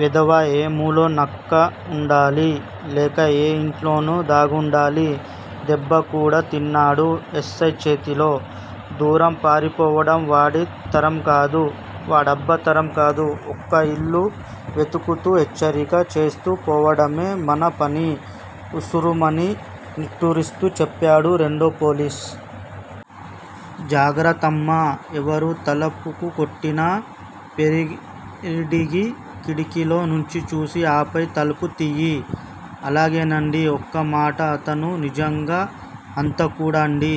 వెధవ ఏ మూలో నక్క వుండాలి. లేక ఏ ఇంట్లోనో దాగుండాలి. దెబ్బకూడా తిన్నాడు ఎస్సై చేతిలో, దూరం పారిపోవడం వాడి తరంకాదు, వాడబ్బ తరం కాదు. ఒక్కో ఇల్లు వెతుకుతూ హెచ్చరిక చేస్తూ పోవడమే మన పని ఉసూరుమని నిట్టూరుస్తూ చెప్పాడు రెండో పోలీసు. జాగ్రత్తమ్మా! ఎవరు తలుపుకొట్టినా పేరడిగి కిటికీ లోంచి చూసి ఆపై తలుపు తియ్యి. అలాగేనండి. ఒక్కమాట అతను నిజంగా హంతకుడాండి?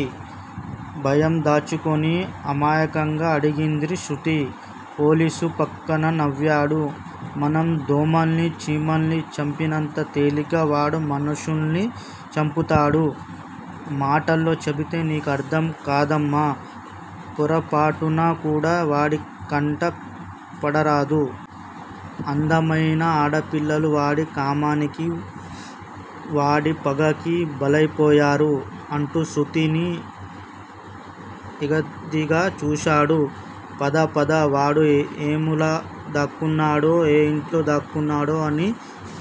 భయం దాచుకుని అమాయకంగా అడిగింది శృతి. పోలీసు ఫక్కున నవ్వాడు. మనం దోమల్ని చీమల్ని చంపినంత తేలిగ్గా వాడు మనుషుల్ని చంపుతాడు. మాటల్లో చెపితే నీకర్థం కాదమ్మా పోరపాటునకూడా వాడి కంట పడరాదు. అందమైన ఆడపిల్లలు వాడి కామానికి, వాడి పగకి బలయిపోయారు. అంటూ శృతిని ఎగాదిగా చూశాడు. పద పద, వాడు ఏమూల దాగున్నాడో, ఏ ఇంట్లో దాగున్నాడో అని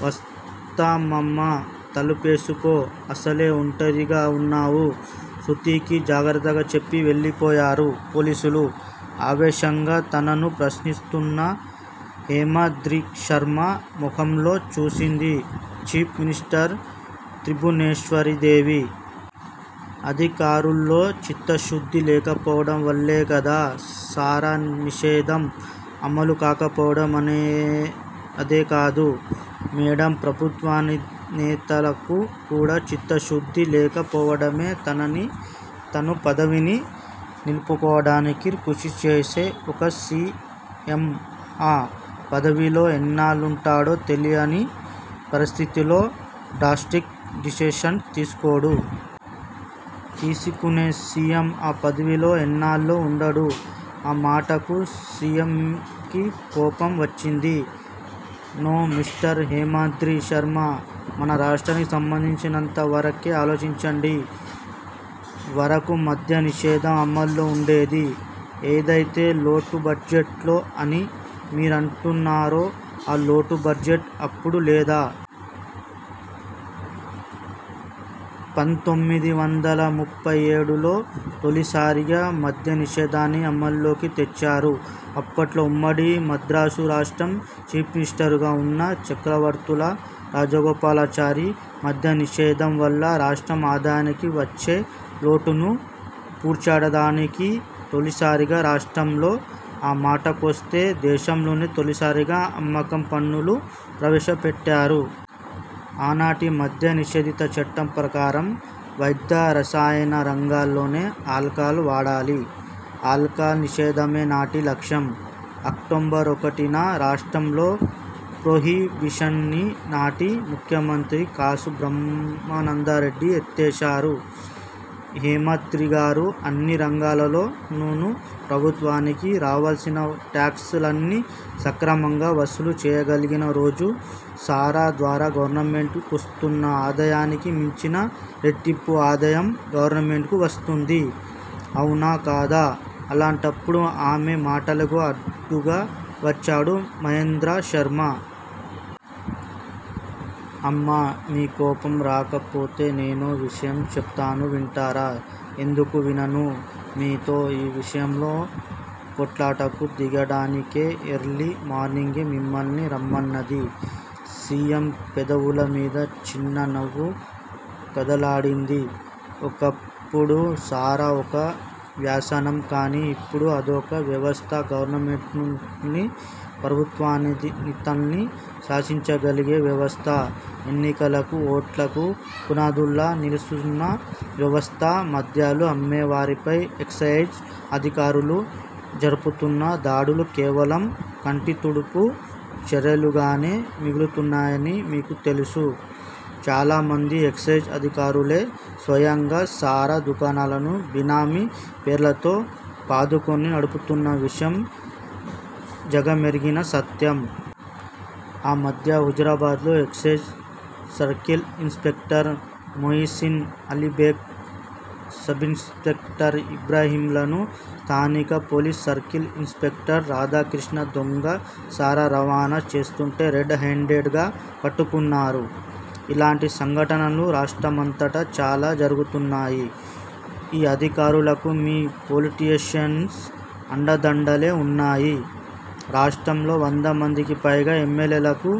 వస్తామమ్మా తలుపేసుకో, అసలే ఒంటరిగా వున్నావు శ్రుతికి జాగ్రత్త చెప్పి వెళ్ళిపోయారు పోలీసులు. ఆవేశంగా తనను ప్రశ్నిస్తున్న హేమాద్రిశర్మ ముఖంలోకి చూసింది చీఫ్ మినిస్టర్ త్రిభువనేశ్వరీదేవి. అధికారుల్లో చిత్తశుద్ది లేకపోవడం వల్లేగదా సారా నిషేధం అమలు కాకపోవడం అదే కాదు మేడమ్ ప్రభుత్వాధినేతలకు కూడా చిత్తశుద్ది లేక పోవడమే తనని, తన పదవిని నిలుపుకోడానికి కృషి చేసే ఒక సి. ఎమ్. ఆ పదవిలో ఎన్నాళ్ళుంటాడో తెలియని పరిస్థితిలో డ్రాస్టిక్ డెసిషన్స్ తీసుకోడు. తీసుకునే సి. ఎమ్ ఆ పదవిలో ఎన్నాళ్ళో ఉండడు ఆ మాటకు సి. ఎమ్ కి కోపం వచ్చింది. నో మిస్టర్ హేమాద్రి శర్మ మన రాష్ట్రానికి సంబంధించినంత వరకే ఆలోచించండి వరకు మధ్యనిషేధం అమల్లో ఉండేది. ఏదయితే లోటుబడ్జెట్ అని మీరంటున్నారో, ఆ లోటు బడ్జెట్ అప్పుడు లేదా? పంతోమిది వందల ముప్పై ఏడు లో తొలిసారిగా మద్యనిషేధాన్ని అమల్లోకి తెచ్చారు. అప్పట్లో ఉమ్మడి మద్రాసు రాష్ట్రం చీఫ్ మినిస్టరుగా ఉన్న చక్రవర్తుల రాజగోపాలాచారి మధ్యనిషేధం వల్ల రాష్ట్ర ఆదాయానికి వచ్చే లోటును పూడ్చదానికి తొలిసారిగా రాష్ట్రంలో, ఆ మాటకొస్తే దేశంలోనే తొలిసారిగా అమ్మకం పన్ను ను ప్రవేశపెట్టారు. ఆనాటి మద్యనిషేధ చట్టం ప్రకారం వైద్య రసాయన రంగాల్లోనే ఆల్కహాల్ వాడాలి ఆల్కహాల్ నిషేధమే నాటి లక్ష్యం. అక్టోబర్ ఒకటీ న రాష్ట్రంలో ప్రొహిబిషన్ ని నాటి ముఖ్యమంత్రి కాసు బ్రహ్మానందరెడ్డి ఎత్తేసారు. హేమాద్రిగారూ అన్ని రంగాలలోనూ ప్రభుత్వానికి రావాల్సిన టాక్స్ లన్నీ సక్రమంగా వసూలు చేయగలిగిన రోజున సారా ద్వారా గవర్నమెంట్ కొస్తున్న ఆదాయానికి మించిన రెట్టింపు ఆదాయం గవర్నమెంట్ కు వస్తుంది అవునా కాదా అలాంటప్పుడు ఆమె మాటలకు అడ్డుగా వచ్చాడు మహేంద్రశర్మ. అమ్మా! మీకు కోపం రాకపోతే నేనో విషయం చెపుతాను వింటారా? ఎందుకు వినను? మీతో ఈ విషయంలో పోట్లాటకు దిగడానికే ఎర్లీ మార్నింగే మిమ్మల్ని రమ్మన్నది సి. ఎమ్ పెదవుల మీద చిన్న నవ్వు కదలాడింది. ఒకప్పుడు సారా ఒక వ్యసనం కానీ ఇప్పుడు అదొక వ్యవస్థ గవర్నమెంటుల్ని, ప్రభుత్వాధినేతల్నీ శాసించగలిగే వ్యవస్థ ఎన్నికలకూ, ఓట్లకూ పునాదుల్లా నిలుస్తున్న వ్యవస్థ మద్యాలు అమ్మేవారిపై ఎక్సయిజ్ అధికారులు జరుపుతున్న దాడులు కేవలం కంటితుడుపు చర్యలుగానే మిగులుతున్నాయని మీకు తెలుసు- చాలామంది ఎక్సయిజ్ అధికారులే స్వయంగా సారా దుకాణాలను బినామీ పేర్లతో పాదుకొని నడుపుతున్న విషయం జగమెరిగిన సత్యం. ఆ మధ్య హుజురాబాద్ లో excise circle inspector Mohsin Ali Beg, sub inspector ఇబ్రాహీంలను, స్థానిక police circle inspector Radhakrishna దొంగ సారా రవాణా చేస్తుంటే రెడ్ హేండెడ్ గా పట్టుకున్నారు. ఇలాంటి సంఘటనలు రాష్ట్రమంతటా చాలా జరుగుతున్నాయి. ఈ అధికారులకు మీ పొలిటీషియన్స్ అండదండలే వున్నాయి. రాష్ట్రంలో వందమందికి పైగా ఎమ్మెల్యేలకు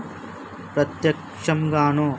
ప్రత్యక్షంగానో,